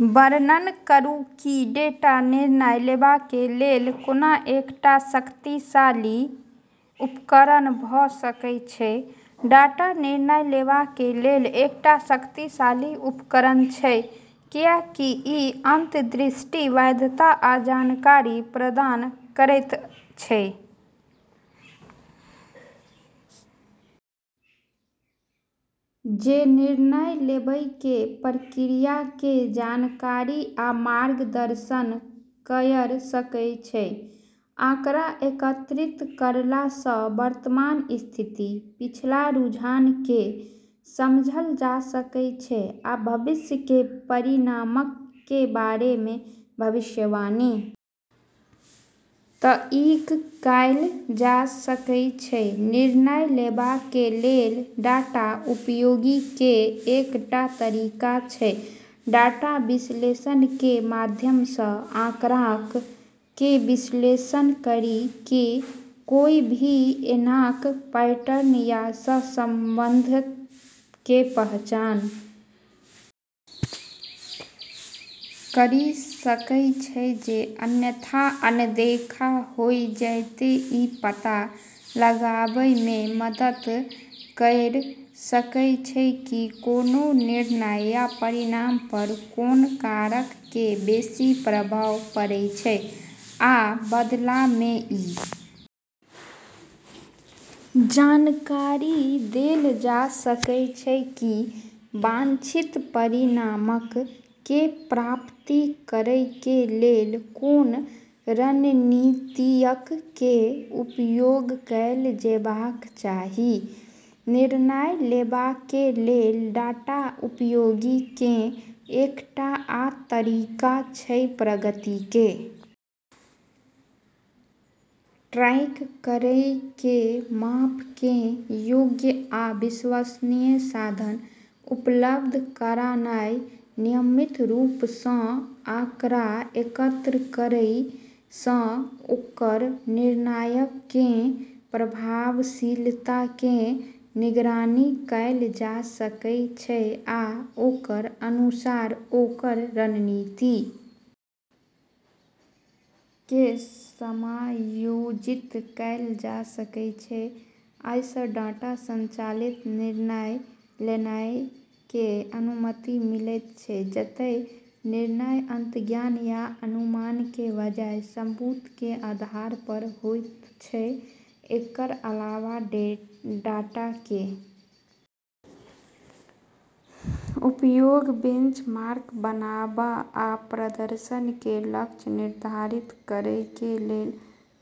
वर्णन करूं की डेटा निर्णय लेवा कें लेल कोना एकटा शक्तिशाली उपकरण भ सकय छै, डाटा निर्णय लेवा कें लेल एकटा शक्तिशाली उपकरण छै, कियाकि इ अंतर्दृष्टि, वैधता आ जानकारी प्रदान करयत छै जे निर्णय लेवय कें प्रक्रिया कें जानकारी आ मार्गदर्शन कयर सकय छै, आंकड़ा एकत्रित करला सं वर्तमान स्थिति, पिछला रुझान कें समझल जा सकय छै आ भविष्य कें परिणामक कें बारे मे भविष्यवाणी तइक कैल जा सकय छै, निर्णय लेवा कें लेल डाटा उपयोगी कें एकटा तरीका छै डाटा विश्लेषण कें माध्यम सं आंकड़ऽ के विश्लेषण करी के कोय भी ऐन्हऽ पैटर्न या सहसंबंध के पहचान करी सकै छै जे अन्यथा अनदेखा होय जैतै इ पता लगावय मे मदद कयर सकय छै की कोनों निर्णय या परिणाम पर कोन कारक कें बेसि प्रभाव पड़य छै आ बदला मे इ जानकारी देल जा सकय छै की वांछित परिणामक कें प्राप्त करय कें लेल कोन रणनीतियक कें उपयोग कैल जेबाक चाही, निर्णय लेवा कें लेल डाटा उपयोगी कें एकटा आ तरीका छै प्रगति कें ट्रैक करय कें माप कें योग्य आ विश्वसनीय साधन उपलब्ध करानाय नियमित रूप सं आंकड़ा एकत्र करय सं ओकर निर्णयक कें प्रभावशीलता कें निगरानी कैल जा सकय छै आ ओकर अनुसार ओकर रणनीति कें समायोजित कैल जा सकय छै, अइ सं डाटा संचालित निर्णय लेनाय कें अनुमति मिलयत छै जतय निर्णय अंतर्ज्ञान या अनुमान कें बजाय सबूत कें आधार पर होयत छै, एकर अलावा डाटा कें उपयोग बेंचमार्क बनावा आ प्रदर्शन कें लक्ष्य निर्धारित करय कें लेल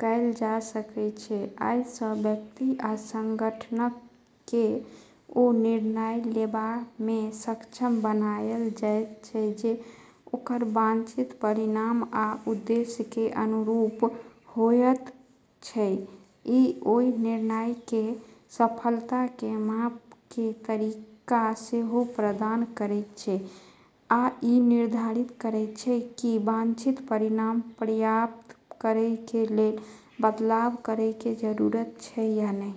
कैल जा सकय छै, अइ सं व्यक्ति आ संगठनक कें ओ निर्णय लेवा मे सक्षम बनायल जायत छै जे ओकर वांछित परिणाम आ उद्देश्यक कें अनुरूप होयत छै, इ ओय निर्णयक कें सफलता कें माप कें तरीका सेहो प्रदान करयत छै, आ इ निर्धारित करयत छै की वांछित परिणाम प्राप्त करय कें लेल बदलाव करय कें जरूरत छै या नहि।